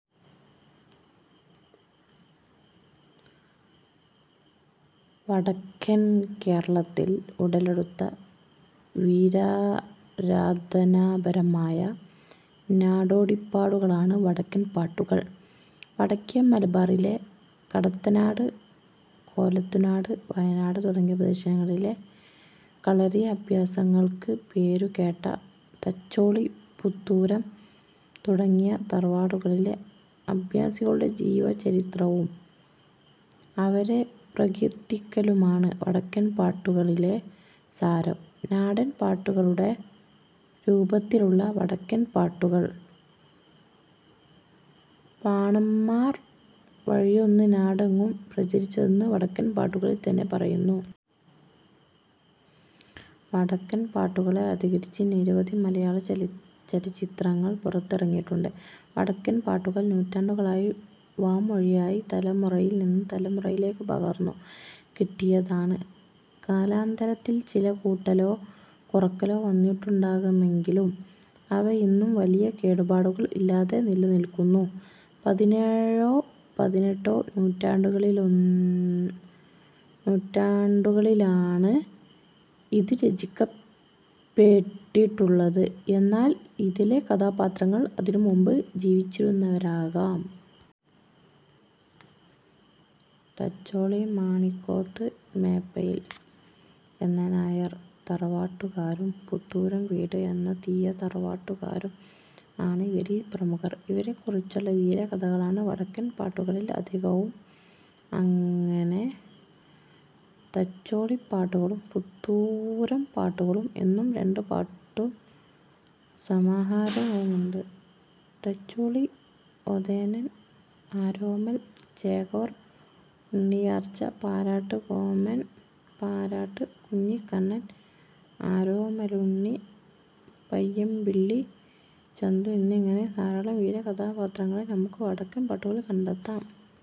വടക്കൻ കേരളത്തിൽ ഉടലെടുത്ത വീരാരാധനാപരമായ നാടോടിപ്പാടുകളാണ് വടക്കൻ പാട്ടുകൾ. വടക്കേ മലബാറിലെ കടത്തനാട്, കോലത്തുനാട്, വയനാട് തുടങ്ങിയ പ്രദേശങ്ങളിലെ കളരി അഭ്യാസങ്ങൾക്ക് പേരുകേട്ട തച്ചോളി, പുത്തൂരം തുടങ്ങിയ തറവാടുകളിലെ അഭ്യാസികളുടെ ജീവചരിത്രവും അവരെ പ്രകീർത്തിക്കലുമാണ് വടക്കൻ പാട്ടുകളിലെ സാരം. നാടൻ പാട്ടുകളുടെ രൂപത്തിലുള്ള വടക്കൻ പാട്ടുകൾ "പാണന്മാർ" വഴിയാണ് നാടെങ്ങും പ്രചരിച്ചതെന്ന് വടക്കൻ പാട്ടുകളിൽ തന്നെ പറയുന്നു. വടക്കൻ പാട്ടുകളെ അധികരിച്ച് നിരവധി മലയാളചലച്ചിത്രങ്ങൾ പുറത്ത് ഇറങ്ങിയിട്ടുണ്ട്. വടക്കൻ പാട്ടുകൾ നൂറ്റാണ്ടുകളായി വാമൊഴിയായി തലമുറയിൽ നിന്നും തലമുറയിലേക്കു പകർന്നു കിട്ടിയതാണ്. കാലാന്തരത്തിൽ ചില കൂട്ടലോ കുറക്കലോ വന്നിട്ടുണ്ടാകാമെങ്കിലും അവയിന്നും വലിയ കേടുപാടുകൾ ഇല്ലാതെ നിലനിൽക്കുന്നു. പതിനേഴോ പതിനെട്ടോ നൂറ്റാണ്ടുകളിലാണ് ഇത് രചിക്കപ്പേട്ടിട്ടുള്ളത്. എന്നാൽ ഇതിലെ കഥാപാത്രങ്ങൾ അതിനു മുൻപ് ജീവിച്ചിരുന്നവരാകാം. "തച്ചോളി മാണിക്കോത്ത് മേപ്പയിൽ" എന്ന നായർ തറവാട്ടുകാരും "പുത്തൂരം വീട്" എന്ന തീയ തറവാട്ടുകാരും ആണ് ഇവരിൽ പ്രമുഖർ. ഇവരെക്കുറിച്ചുള്ള വീര കഥകളാണ് വടക്കൻ പാട്ടുകളിൽ അധികവും. അങ്ങനെ തച്ചോളിപ്പാട്ടുകളും പുത്തൂരം പാട്ടുകളും എന്നും രണ്ട് പാട്ടു സമാഹാരങ്ങളുണ്ട്. തച്ചോളി ഒതേനൻ, ആരോമൽ ചേകവർ, ഉണ്ണിയാർച്ച, പാലാട്ട് കോമൻ, പാലാട്ട് കുഞ്ഞിക്കണ്ണൻ, ആരോമലുണ്ണി, പയ്യമ്പിള്ളി ചന്തു എന്നിങ്ങനെ ധാരാളം വീര കഥാപാത്രങ്ങളെ നമുക്കു വടക്കൻ പാട്ടുകളിൽ കണ്ടെത്താം.